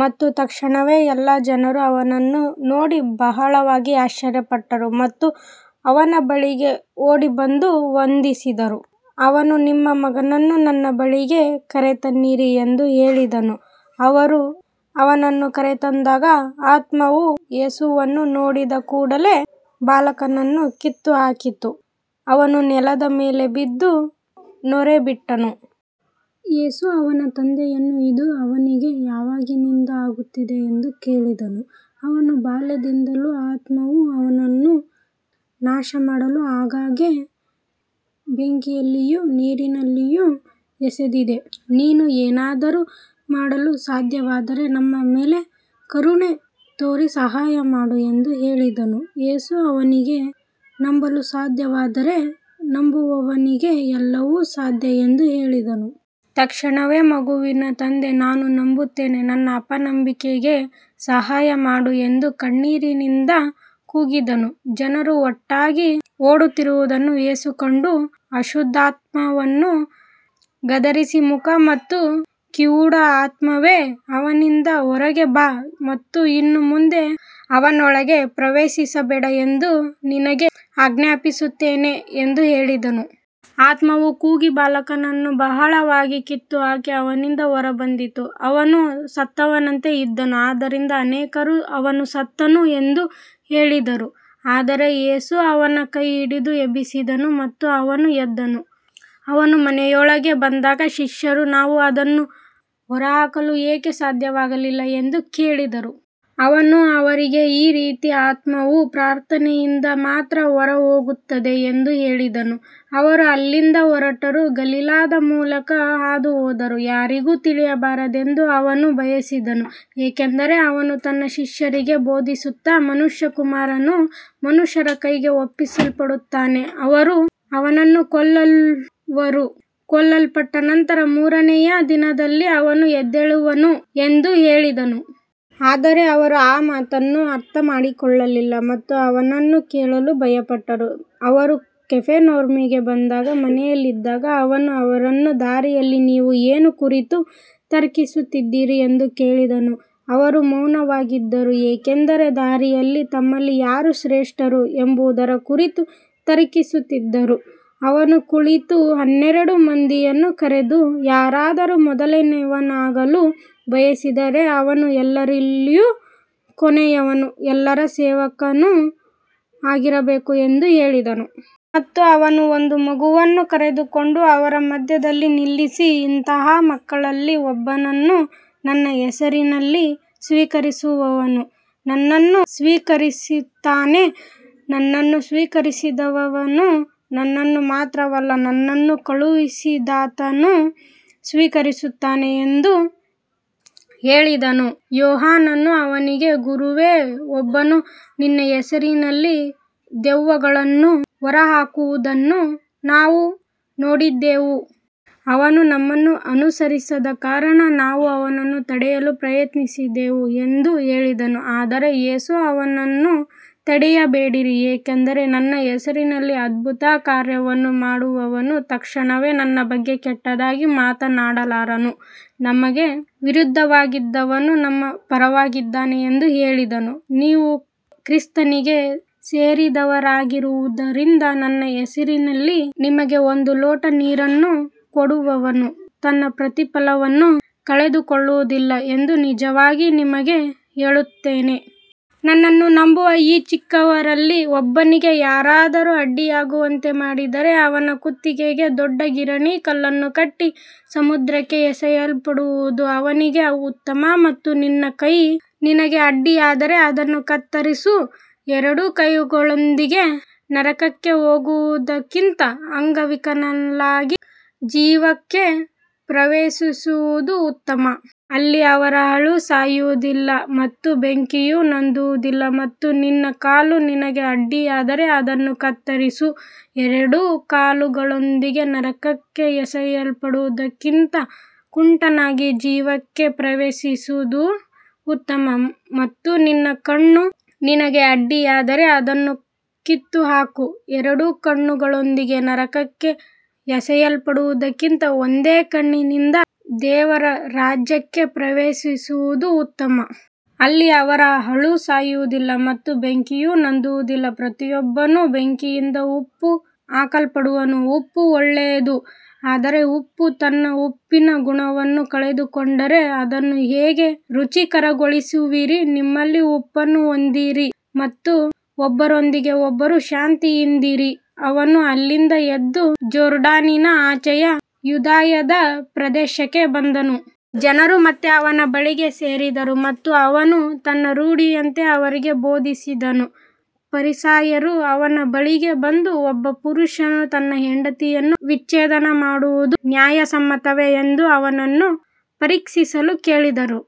ಮತ್ತು ತಕ್ಷಣವೇ ಎಲ್ಲಾ ಜನರು ಅವನನ್ನು ನೋಡಿ ಬಹಳವಾಗಿ ಆಶ್ಚರ್ಯಪಟ್ಟರು ಮತ್ತು ಅವನ ಬಳಿಗೆ ಓಡಿಬಂದು ವಂದಿಸಿದರು. ಅವನು, ನಿಮ್ಮ ಮಗನನ್ನು ನನ್ನ ಬಳಿಗೆ ಕರೆತನ್ನಿರಿ ಎಂದು ಹೇಳಿದನು. ಅವರು ಅವನನ್ನು ಕರೆತಂದಾಗ ಆತ್ಮವು ಯೇಸುವನ್ನು ನೋಡಿದ ಕೂಡಲೆ ಬಾಲಕನನ್ನು ಕಿತ್ತುಹಾಕಿತು. ಅವನು ನೆಲದ ಮೇಲೆ ಬಿದ್ದು ನೊರೆಬಿಟ್ಟನು. ಯೇಸು ಅವನ ತಂದೆಯನ್ನು, ಇದು ಅವನಿಗೆ ಯಾವಾಗಿನಿಂದ ಆಗುತ್ತಿದೆ ಎಂದು ಕೇಳಿದನು. ಅವನು, ಬಾಲ್ಯದಿಂದಲೂ, ಆತ್ಮವು ಅವನನ್ನು ನಾಶಮಾಡಲು ಆಗಾಗ್ಗೆ ಬೆಂಕಿಯಲ್ಲಿಯೂ ನೀರಿನಲ್ಲಿಯೂ ಎಸೆದಿದೆ. ನೀನು ಏನಾದರೂ ಮಾಡಲು ಸಾಧ್ಯವಾದರೆ ನಮ್ಮ ಮೇಲೆ ಕರುಣೆ ತೋರಿ ಸಹಾಯಮಾಡು ಎಂದು ಹೇಳಿದನು. ಯೇಸು ಅವನಿಗೆ, ನಂಬಲು ಸಾಧ್ಯವಾದರೆ, ನಂಬುವವನಿಗೆ ಎಲ್ಲವೂ ಸಾಧ್ಯ ಎಂದು ಹೇಳಿದನು. ತಕ್ಷಣವೇ ಮಗುವಿನ ತಂದೆ, ನಾನು ನಂಬುತ್ತೇನೆ, ನನ್ನ ಅಪನಂಬಿಕೆಗೆ ಸಹಾಯಮಾಡು ಎಂದು ಕಣ್ಣೀರಿನಿಂದ ಕೂಗಿದನು. ಜನರು ಒಟ್ಟಾಗಿ ಓಡಿಬರುತ್ತಿರುವುದನ್ನು ಯೇಸು ಕಂಡು ಅಶುದ್ಧಾತ್ಮವನ್ನು ಗದರಿಸಿ, ಮೂಕ ಮತ್ತು ಕಿವುಡ ಆತ್ಮವೇ, ಅವನಿಂದ ಹೊರಗೆ ಬಾ ಮತ್ತು ಇನ್ನು ಮುಂದೆ ಅವನೊಳಗೆ ಪ್ರವೇಶಿಸಬೇಡ ಎಂದು ನಿನಗೆ ಆಜ್ಞಾಪಿಸುತ್ತೇನೆ ಎಂದು ಹೇಳಿದನು. ಆತ್ಮವು ಕೂಗಿ ಬಾಲಕನನ್ನು ಬಹಳವಾಗಿ ಕಿತ್ತುಹಾಕಿ ಅವನಿಂದ ಹೊರಬಂದಿತು. ಅವನು ಸತ್ತವನಂತೆ ಇದ್ದನು. ಆದ್ದರಿಂದ ಅನೇಕರು ಅವನು ಸತ್ತನು ಎಂದು ಹೇಳಿದರು. ಆದರೆ ಯೇಸು ಅವನ ಕೈಹಿಡಿದು ಎಬ್ಬಿಸಿದನು ಮತ್ತು ಅವನು ಎದ್ದನು. ಅವನು ಮನೆಯೊಳಗೆ ಬಂದಾಗ ಶಿಷ್ಯರು, ನಾವು ಅದನ್ನು ಹೊರಹಾಕಲು ಏಕೆ ಸಾಧ್ಯವಾಗಲಿಲ್ಲ ಎಂದು ಕೇಳಿದರು. ಅವನು ಅವರಿಗೆ, ಈ ರೀತಿಯ ಆತ್ಮವು ಪ್ರಾರ್ಥನೆಯಿಂದ ಮಾತ್ರ ಹೊರಹೋಗುತ್ತದೆ ಎಂದು ಹೇಳಿದನು. ಅವರು ಅಲ್ಲಿಂದ ಹೊರಟು ಗಲಿಲಾಯದ ಮೂಲಕ ಹಾದುಹೋದರು. ಯಾರಿಗೂ ತಿಳಿಯಬಾರದೆಂದು ಅವನು ಬಯಸಿದನು, ಏಕೆಂದರೆ ಅವನು ತನ್ನ ಶಿಷ್ಯರಿಗೆ ಬೋಧಿಸುತ್ತಾ, ಮನುಷ್ಯಕುಮಾರನು ಮನುಷ್ಯರ ಕೈಗೆ ಒಪ್ಪಿಸಲ್ಪಡುತ್ತಾನೆ, ಅವರು ಅವನನ್ನು ಕೊಲ್ಲುವರು, ಕೊಲ್ಲಲ್ಪಟ್ಟ ನಂತರ ಮೂರನೆಯ ದಿನದಲ್ಲಿ ಅವನು ಎದ್ದೇಳುವನು ಎಂದು ಹೇಳಿದನು. ಆದರೆ ಅವರು ಆ ಮಾತನ್ನು ಅರ್ಥಮಾಡಿಕೊಳ್ಳಲಿಲ್ಲ ಮತ್ತು ಅವನನ್ನು ಕೇಳಲು ಭಯಪಟ್ಟರು. ಅವರು ಕಫೆರ್ನೌಮಿಗೆ ಬಂದಾಗ ಮನೆಯಲ್ಲಿದ್ದಾಗ ಅವನು ಅವರನ್ನು, ದಾರಿಯಲ್ಲಿ ನೀವು ಏನು ಕುರಿತು ತರ್ಕಿಸುತ್ತಿದ್ದಿರಿ ಎಂದು ಕೇಳಿದನು. ಅವರು ಮೌನವಾಗಿದ್ದರು, ಏಕೆಂದರೆ ದಾರಿಯಲ್ಲಿ ತಮ್ಮಲ್ಲಿ ಯಾರು ಶ್ರೇಷ್ಠರು ಎಂಬುದರ ಕುರಿತು ತರ್ಕಿಸಿದ್ದರು. ಅವನು ಕುಳಿತು ಹನ್ನೆರಡು ಮಂದಿಯನ್ನು ಕರೆದು, ಯಾರಾದರೂ ಮೊದಲನೆಯವನಾಗಲು ಬಯಸಿದರೆ ಅವನು ಎಲ್ಲರಲ್ಲಿಯೂ ಕೊನೆಯವನೂ ಎಲ್ಲರ ಸೇವಕನೂ ಆಗಿರಬೇಕು ಎಂದು ಹೇಳಿದನು. ಮತ್ತು ಅವನು ಒಂದು ಮಗುವನ್ನು ಕರೆದುಕೊಂಡು ಅವರ ಮಧ್ಯದಲ್ಲಿ ನಿಲ್ಲಿಸಿ, ಇಂತಹ ಮಕ್ಕಳಲ್ಲಿ ಒಬ್ಬನನ್ನು ನನ್ನ ಹೆಸರಿನಲ್ಲಿ ಸ್ವೀಕರಿಸುವವನು ನನ್ನನ್ನು ಸ್ವೀಕರಿಸುತ್ತಾನೆ. ನನ್ನನ್ನು ಸ್ವೀಕರಿಸುವವನು ನನ್ನನ್ನು ಮಾತ್ರವಲ್ಲ, ನನ್ನನ್ನು ಕಳುಹಿಸಿದಾತನನ್ನೂ ಸ್ವೀಕರಿಸುತ್ತಾನೆ ಎಂದು ಹೇಳಿದನು. ಯೋಹಾನನು ಅವನಿಗೆ, ಗುರುವೇ, ಒಬ್ಬನು ನಿನ್ನ ಹೆಸರಿನಲ್ಲಿ ದೆವ್ವಗಳನ್ನು ಹೊರಹಾಕುವುದನ್ನು ನಾವು ನೋಡಿದೆವು. ಅವನು ನಮ್ಮನ್ನು ಅನುಸರಿಸದ ಕಾರಣ ನಾವು ಅವನನ್ನು ತಡೆಯಲು ಪ್ರಯತ್ನಿಸಿದೆವು ಎಂದು ಹೇಳಿದನು. ಆದರೆ ಯೇಸು, ಅವನನ್ನು ತಡೆಯಬೇಡಿರಿ, ಏಕೆಂದರೆ ನನ್ನ ಹೆಸರಿನಲ್ಲಿ ಅದ್ಭುತ ಕಾರ್ಯವನ್ನು ಮಾಡುವವನು ತಕ್ಷಣವೇ ನನ್ನ ಬಗ್ಗೆ ಕೆಟ್ಟದಾಗಿ ಮಾತನಾಡಲಾರನು. ನಮಗೆ ವಿರುದ್ಧವಾಗಿರದವನು ನಮ್ಮ ಪರವಾಗಿದ್ದಾನೆ ಎಂದು ಹೇಳಿದನು. ನೀವು ಕ್ರಿಸ್ತನಿಗೆ ಸೇರಿದವರಾಗಿರುವುದರಿಂದ ನನ್ನ ಹೆಸರಿನಲ್ಲಿ ನಿಮಗೆ ಒಂದು ಲೋಟ ನೀರನ್ನು ಕೊಡುವವನು ತನ್ನ ಪ್ರತಿಫಲವನ್ನು ಕಳೆದುಕೊಳ್ಳುವುದಿಲ್ಲ ಎಂದು ನಿಜವಾಗಿ ನಿಮಗೆ ಹೇಳುತ್ತೇನೆ. ನನ್ನನ್ನು ನಂಬುವ ಈ ಚಿಕ್ಕವರಲ್ಲಿ ಒಬ್ಬನಿಗೆ ಯಾರಾದರೂ ಅಡ್ಡಿಯಾಗುವಂತೆ ಮಾಡಿದರೆ, ಅವನ ಕುತ್ತಿಗೆಗೆ ದೊಡ್ಡ ಗಿರಣಿ ಕಲ್ಲನ್ನು ಕಟ್ಟಿ ಸಮುದ್ರಕ್ಕೆ ಎಸೆಯಲ್ಪಡುವುದು ಅವನಿಗೆ ಉತ್ತಮ. ಮತ್ತು ನಿನ್ನ ಕೈ ನಿನಗೆ ಅಡ್ಡಿಯಾದರೆ ಅದನ್ನು ಕತ್ತರಿಸು. ಎರಡು ಕೈಗಳೊಂದಿಗೆ ನರಕಕ್ಕೆ ಹೋಗುವುದಕ್ಕಿಂತ ಅಂಗವಿಕಲನಾಗಿ ಜೀವಕ್ಕೆ ಪ್ರವೇಶಿಸುವುದು ಉತ್ತಮ. ಅಲ್ಲಿ ಅವರ ಹುಳು ಸಾಯುವುದಿಲ್ಲ ಮತ್ತು ಬೆಂಕಿಯು ನಂದುವುದಿಲ್ಲ. ಮತ್ತು ನಿನ್ನ ಕಾಲು ನಿನಗೆ ಅಡ್ಡಿಯಾದರೆ ಅದನ್ನು ಕತ್ತರಿಸು. ಎರಡು ಕಾಲುಗಳೊಂದಿಗೆ ನರಕಕ್ಕೆ ಎಸೆಯಲ್ಪಡುವುದಕ್ಕಿಂತ ಕುಂಟನಾಗಿ ಜೀವಕ್ಕೆ ಪ್ರವೇಶಿಸುವುದು ಉತ್ತಮ. ಮತ್ತು ನಿನ್ನ ಕಣ್ಣು ನಿನಗೆ ಅಡ್ಡಿಯಾದರೆ ಅದನ್ನು ಕಿತ್ತುಹಾಕು. ಎರಡು ಕಣ್ಣುಗಳೊಂದಿಗೆ ನರಕಕ್ಕೆ ಎಸೆಯಲ್ಪಡುವುದಕ್ಕಿಂತ ಒಂದೇ ಕಣ್ಣಿನಿಂದ ದೇವರ ರಾಜ್ಯಕ್ಕೆ ಪ್ರವೇಶಿಸುವುದು ಉತ್ತಮ. ಅಲ್ಲಿ ಅವರ ಹುಳು ಸಾಯುವುದಿಲ್ಲ ಮತ್ತು ಬೆಂಕಿಯು ನಂದುವುದಿಲ್ಲ. ಪ್ರತಿಯೊಬ್ಬನೂ ಬೆಂಕಿಯಿಂದ ಉಪ್ಪು ಹಾಕಲ್ಪಡುವನು. ಉಪ್ಪು ಒಳ್ಳೆಯದು, ಆದರೆ ಉಪ್ಪು ತನ್ನ ಉಪ್ಪಿನ ಗುಣವನ್ನು ಕಳೆದುಕೊಂಡರೆ ಅದನ್ನು ಹೇಗೆ ರುಚಿಕರಗೊಳಿಸುವಿರಿ. ನಿಮ್ಮಲ್ಲಿ ಉಪ್ಪನ್ನು ಹೊಂದಿರಿ ಮತ್ತು ಒಬ್ಬರೊಂದಿಗೆ ಒಬ್ಬರು ಶಾಂತಿಯಿಂದಿರಿ. ಅವನು ಅಲ್ಲಿಂದ ಎದ್ದು ಜೋರ್ಡಾನಿನ ಆಚೆಯ ಯೂದಾಯದ ಪ್ರದೇಶಕ್ಕೆ ಬಂದನು. ಜನರು ಮತ್ತೆ ಅವನ ಬಳಿಗೆ ಸೇರಿದರು ಮತ್ತು ಅವನು ತನ್ನ ರೂಢಿಯಂತೆ ಅವರಿಗೆ ಬೋಧಿಸಿದನು. ಫರಿಸಾಯರು ಅವನ ಬಳಿಗೆ ಬಂದು, ಒಬ್ಬ ಪುರುಷನು ತನ್ನ ಹೆಂಡತಿಯನ್ನು ವಿಚ್ಛೇದನ ಮಾಡುವುದು ನ್ಯಾಯಸಮ್ಮತವೇ ಎಂದು ಅವನನ್ನು ಪರೀಕ್ಷಿಸಲು ಕೇಳಿದರು.